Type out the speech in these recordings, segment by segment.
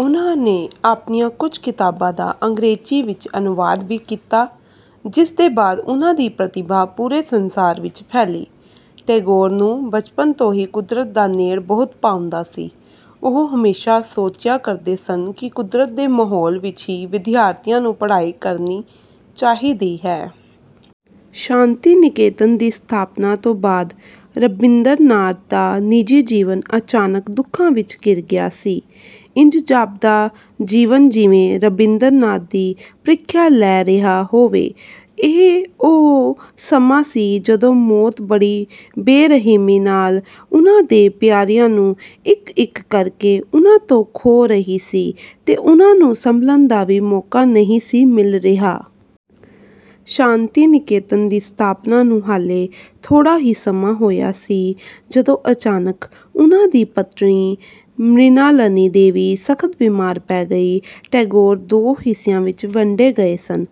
ਉਨ੍ਹਾਂ ਨੇ ਆਪਣੀਆਂ ਕੁੱਝ ਕਿਤਾਬਾਂ ਦਾ ਅੰਗਰੇਜ਼ੀ ਵਿੱਚ ਅਨੁਵਾਦ ਵੀ ਕੀਤਾ ਜਿਸ ਦੇ ਬਾਅਦ ਉਨ੍ਹਾਂ ਦੀ ਪ੍ਰਤਿਭਾ ਪੂਰੇ ਸੰਸਾਰ ਵਿੱਚ ਫੈਲੀ। ਟੈਗੋਰ ਨੂੰ ਬਚਪਨ ਤੋਂ ਹੀ ਕੁਦਰਤ ਦਾ ਨੇੜ ਬਹੁਤ ਭਾਉਂਦਾ ਸੀ। ਉਹ ਹਮੇਸ਼ਾ ਸੋਚਿਆ ਕਰਦੇ ਸਨ ਕਿ ਕੁਦਰਤ ਦੇ ਮਾਹੌਲ ਵਿੱਚ ਹੀ ਵਿਦਿਆਰਥੀਆਂ ਨੂੰ ਪੜ੍ਹਾਈ ਕਰਨੀ ਚਾਹੀਦੀ ਹੈ। ਸ਼ਾਂਤੀ ਨਿਕੇਤਨ ਦੀ ਸਥਾਪਨਾਂ ਤੋਂ ਬਾਦ ਰਬਿੰਦਰ ਨਾਥ ਦਾ ਨਿਜੀ ਜੀਵਨ ਅਚਾਨਕ ਦੁੱਖਾਂ ਵਿੱਚ ਘਿਰ ਗਿਆ ਸੀ। ਇੰਜ ਜਾਪਦਾ ਜੀਵਨ ਜਿਵੇਂ ਰਬਿੰਦਰ ਨਾਥ ਦੀ ਪ੍ਰੀਖਿਆ ਲੈ ਰਿਹਾ ਹੋਵੇ। ਇਹ ਉਹ ਸਮਾਂ ਸੀ ਜਦੋਂ ਮੌਤ ਬੜੀ ਬੇਰਹਿਮੀ ਨਾਲ ਉਨ੍ਹਾਂ ਦੇ ਪਿਆਰਿਆਂ ਨੂੰ ਇੱਕ-ਇੱਕ ਕਰਕੇ ਉਨ੍ਹਾਂ ਤੋਂ ਖੋਹ ਰਹੀ ਸੀ ਤੇ ਉਨ੍ਹਾਂ ਨੂੰ ਸੰਭਲਣ ਦਾ ਵੀ ਮੌਕਾ ਨਹੀਂ ਸੀ ਮਿਲ ਰਿਹਾ। ਸ਼ਾਂਤੀ ਨਿਕੇਤਨ ਦੀ ਸਥਾਪਨਾ ਨੂੰ ਹਾਲੇ ਥੋੜਾ ਹੀ ਸਮਾਂ ਹੋਇਆ ਸੀ, ਜਦੋਂ ਅਚਾਨਕ ਉਨ੍ਹਾਂ ਦੀ ਪਤਨੀ ਮ੍ਰਿਣਾਲਨੀ ਦੇਵੀ ਸਖਤ ਬੀਮਾਰ ਪੈ ਗਈ। ਟੈਗੋਰ ਦੋ ਹਿੱਸਿਆਂ ਵਿੱਚ ਵੰਡੇ ਗਏ ਸਨ;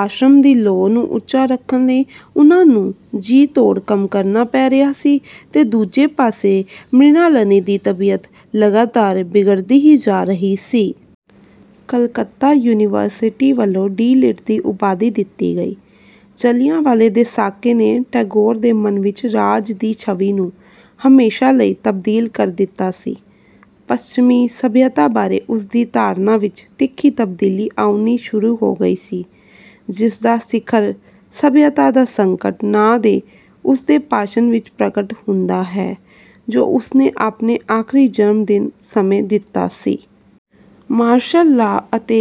ਆਸ਼ਰਮ ਦੀ ਲੋਅ ਨੂੰ ਉੱਚਾ ਰੱਖਣ ਲਈ ਉਨ੍ਹਾਂ ਨੂੰ ਜੀ-ਤੋੜ ਕੰਮ ਕਰਨਾ ਪੈ ਰਿਹਾ ਸੀ, ਤੇ ਦੂਜੇ ਪਾਸੇ ਮ੍ਰਿਣਾਲਨੀ ਦੀ ਤਬੀਅਤ ਲਗਾਤਾਰ ਬਿਗੜਦੀ ਹੀ ਜਾ ਰਹੀ ਸੀ। ਕਲਕੱਤਾ ਯੂਨੀਵਰਸਿਟੀ ਵੱਲੋਂ ਡੀ. ਲਿਟ ਦੀ ਉਪਾਧੀ ਦਿੱਤੀ ਗਈ। ਜਲ੍ਹਿਆਂਵਾਲਾ ਦੇ ਸਾਕੇ ਨੇ ਟੈਗੋਰ ਦੇ ਮਨ ਵਿੱਚ "ਰਾਜ" ਦੀ ਛਵੀ ਨੂੰ ਹਮੇਸ਼ਾ ਲਈ ਤਬਦੀਲ ਕਰ ਦਿੱਤਾ ਸੀ। ਪਛਮੀ ਸਭਿਅਤਾ ਬਾਰੇ ਉਸਦੀ ਧਾਰਨਾ ਵਿੱਚ ਤਿੱਖੀ ਤਬਦੀਲੀ ਆਉਣੀ ਸ਼ੁਰੂ ਹੋ ਗਈ ਸੀ, ਜਿਸਦਾ ਸਿਖਰ "ਸਭਿਅਤਾ ਦਾ ਸੰਕਟ" ਨਾਂ ਦੇ ਉਸਦੇ ਭਾਸ਼ਣ ਵਿੱਚ ਪ੍ਰਗਟ ਹੁੰਦਾ ਹੈ ਜੋ ਉਸਨੇ ਆਪਣੇ ਆਖਰੀ ਜਨਮਦਿਨ ਸਮੇਂ ਦਿੱਤਾ ਸੀ। ਮਾਰਸ਼ਲ ਲਾਅ ਅਤੇ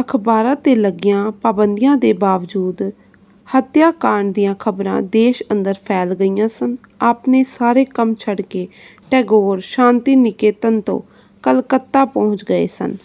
ਅਖਬਾਰਾਂ 'ਤੇ ਲੱਗੀਆਂ ਪਾਬੰਦੀਆਂ ਦੇ ਬਾਵਜੂਦ ਹਤਿਆਕਾੰਡ ਦੀਆਂ ਖਬਰਾਂ ਦੇਸ਼ ਅੰਦਰ ਫੈਲ ਗਈਆਂ ਸਨ। ਆਪਣੇ ਸਾਰੇ ਕੰਮ ਛੱਡ ਕੇ ਟੈਗੋਰ ਸ਼ਾਂਤੀ-ਨਿਕੇਤਨ ਤੋਂ ਕਲਕੱਤਾ ਪਹੁੰਚ ਗਏ ਸਨ।